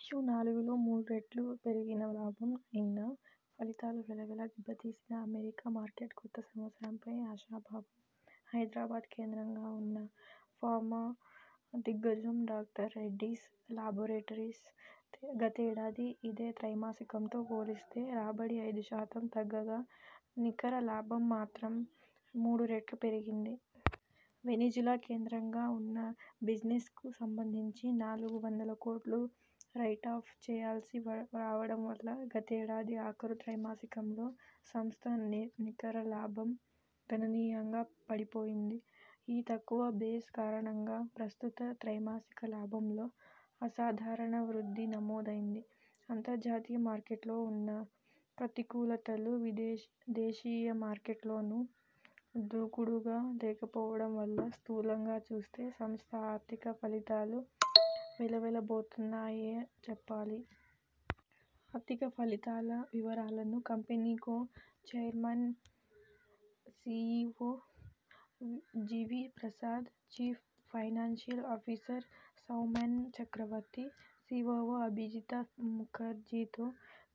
Q నాలుగులో మూడు రెట్లు పెరిగిన లాభం అయినా ఫలితాలు వెలవెల దెబ్బతీసిన అమెరికా మార్కెట్ కొత్త సంవత్సరం పై ఆశాభావం హైదరాబాద్ కేంద్రంగా ఉన్న ఫార్మా దిగ్గజం డాక్టర్ రెడ్డీస్ లాబొరెటరీస్ గతేడాది ఇదే త్రైమాసికంతో పోలిస్తే రాబడి ఐదు శాతం తగ్గగా నికర లాభం మాత్రం మూడురెట్లు పెరిగింది. వెనిజులా కేంద్రంగా ఉన్న బిజినెస్ కు సంబంధించి నాలుగు వందల కోట్లు రైటాఫ్ చేయాల్సి రావడం వల్ల గతేడాది ఆఖరు త్రైమాసికంలో సంస్థ నికరలాభం గణనీయంగా పడిపోయింది. ఈ తక్కువ బేస్ కారణంగా ప్రస్తుత త్రైమాసిక లాభంలో అసాధారణ వృద్ధి నమోదైంది. అంతర్జాతీయ మార్కెట్లో ఉన్న ప్రతికూలతలువిదేశీయ దేశీయ మార్కెట్లోనూ దూకుడుగా లేకపోవడం వల్ల స్థూలంగా చూస్తే సంస్థ ఆర్థిక ఫలితాలు వెలవెలబోతున్నాయీ చెప్పాలి. ఆర్థిక ఫలితాల వివరాలను company co chairman, CEO GV Prasad, chief financial officer Soumen Chakraborty, COO Abhijit ముఖర్జీతో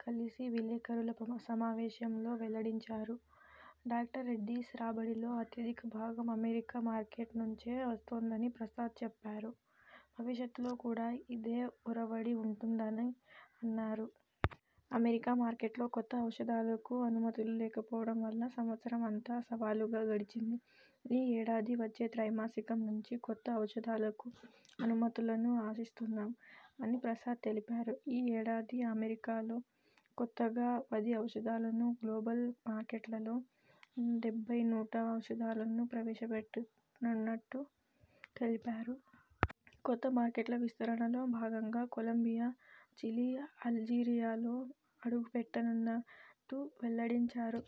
కలిసి విలేకరుల సమావేశంలో వెల్లడించారు. డాక్టర్ రెడ్డీస్ రాబడిలో అత్యధిక భాగం అమెరికా మార్కెట్ నుంచే వస్తోందని ప్రసాద్ చెప్పారు. భవిష్యత్తులో కూడా ఇదే ఒరవడి ఉంటుందని అన్నారు. అమెరికా మార్కెట్లో కొత్త ఔషధాలకు అనుమతులు లేకపోవడం వల్ల సంవత్సరం అంతా సవాలుగా గడిచింది. ఈ ఏడాది వచ్చే త్రైమాసికం నుంచి కొత్త ఔషధాలకు అనుమతులను అశిస్తున్నాం'' అని ప్రసాద్ తెలిపారు. ఈ ఏడాది అమెరికాలో కొత్తగా పది ఔషధాలను, గ్లోబల్ మార్కెట్లలో డెబ్బై నూట ఔషధాలను ప్రవేశపెట్టనున్నట్టు తెలిపారు. కొత్త మార్కెట్ల విస్తరణలో భాగంగా కొలంబియా, చిలీ, అల్జీరియాలో అడుగుపెట్టనున్నట్టు వెల్లడించారు.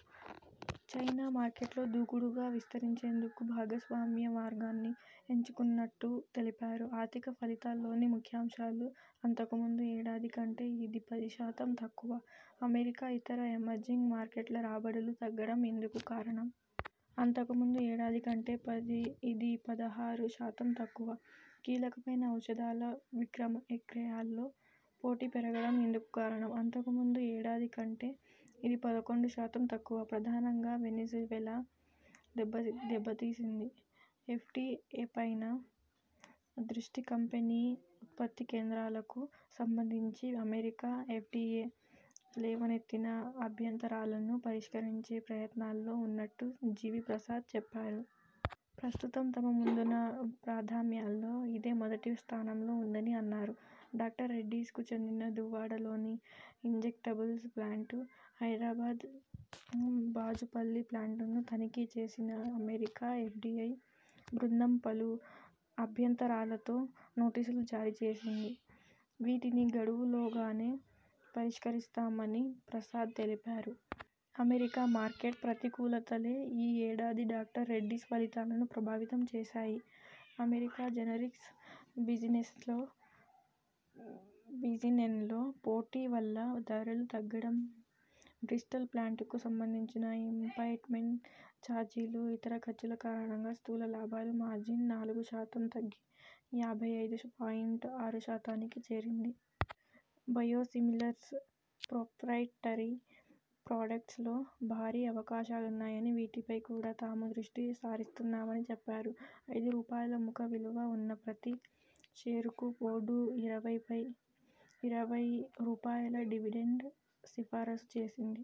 చైనా మార్కెట్లో దూకుడుగా విస్తరించేందుకు భాగస్వామ్య మార్గాన్ని ఎంచుకున్నట్టు తెలిపారు. ఆర్థిక ఫలితాల్లోని ముఖ్యాంశాలు.. అంతకుముందు ఏడాది కంటే ఇది పది శాతం తక్కువ. అమెరికా, ఇతర ఎమర్జింగ్ మార్కెట్ల రాబడులు తగ్గడం ఇందుకు కారణం. అంతకుముందు ఏడాది కంటే పది ఇది పదహారు శాతం తక్కువ. కీలకమైన ఔషధాల విక్రమ విక్రయాల్లో పోటీ పెరగడం ఇందుకు కారణం. అంతుకుముందు ఏడాది కంటే ఇది పదకొండు శాతం తక్కువ. ప్రధానంగా వెనెజువెలా దెబ్బతీసింది. ఎఫ్డిఎపైనే దృష్టికంపెనీ ఉత్పత్తికేంద్రాలకు సంబంధించి అమెరికా ఎఫ్డిఎ లేవనెత్తిన అభ్యంతరాలను పరిష్కరించే ప్రయత్నాల్లో ఉన్నట్టు జివి ప్రసాద్ చెప్పారు. ప్రస్తుతం తమ ముందున ప్రాధాన్యాల్లో ఇదే మొదటి స్థానంలో ఉందని అన్నారు. డాక్టర్ రెడ్డీస్ కు చెందిన దువ్వాడలోని ఇంజెక్టబుల్స్ ప్లాంటు, హైదరాబాద్ బాచుపల్లి ప్లాంటును తనిఖీ చేసిన అమెరికా ఎఫ్డిఐ బృందం పలు అభ్యంతరాలతో నోటీసులు జారీ చేసింది. వీటిని గడువులోగానే పరిష్కరిస్తామని ప్రసాద్ తెలిపారు. అమెరికా మార్కెట్ ప్రతికూలతలే ఈ ఏడాది డాక్టర్ రెడ్డీస్ ఫలితాలను ప్రభావితం చేశాయి. అమెరికా జనరిక్స్ బిజినెస్లో బిజినెన్లో పోటీ వల్ల ధరలు తగ్గడం, బ్రిస్టల్ ప్లాంట్ కు సంబంధించిన ఇంపైర్మెంట్ చార్జీలు, ఇతర ఖర్చుల కారణంగా స్థూల లాభాల మార్జిన్ నాలుగు శాతం తగ్గి యాభై ఐదు పాయింట్ ఆరు శాతానికి చేరింది. బయోసిమిలర్స్, ప్రొప్రైటరీ ప్రాడక్ట్స్ లో భారీ అవకాశాలున్నాయనీ వీటిపై కూడా తాము దృష్టి సారిస్తున్నామని చెప్పారు. ఐదు రూపాయల ముఖ విలువ ఉన్న ప్రతి షేరుకు బోర్డు ఇరవై పై రూపాయల డివిడెండ్ సిఫారసు చేసింది.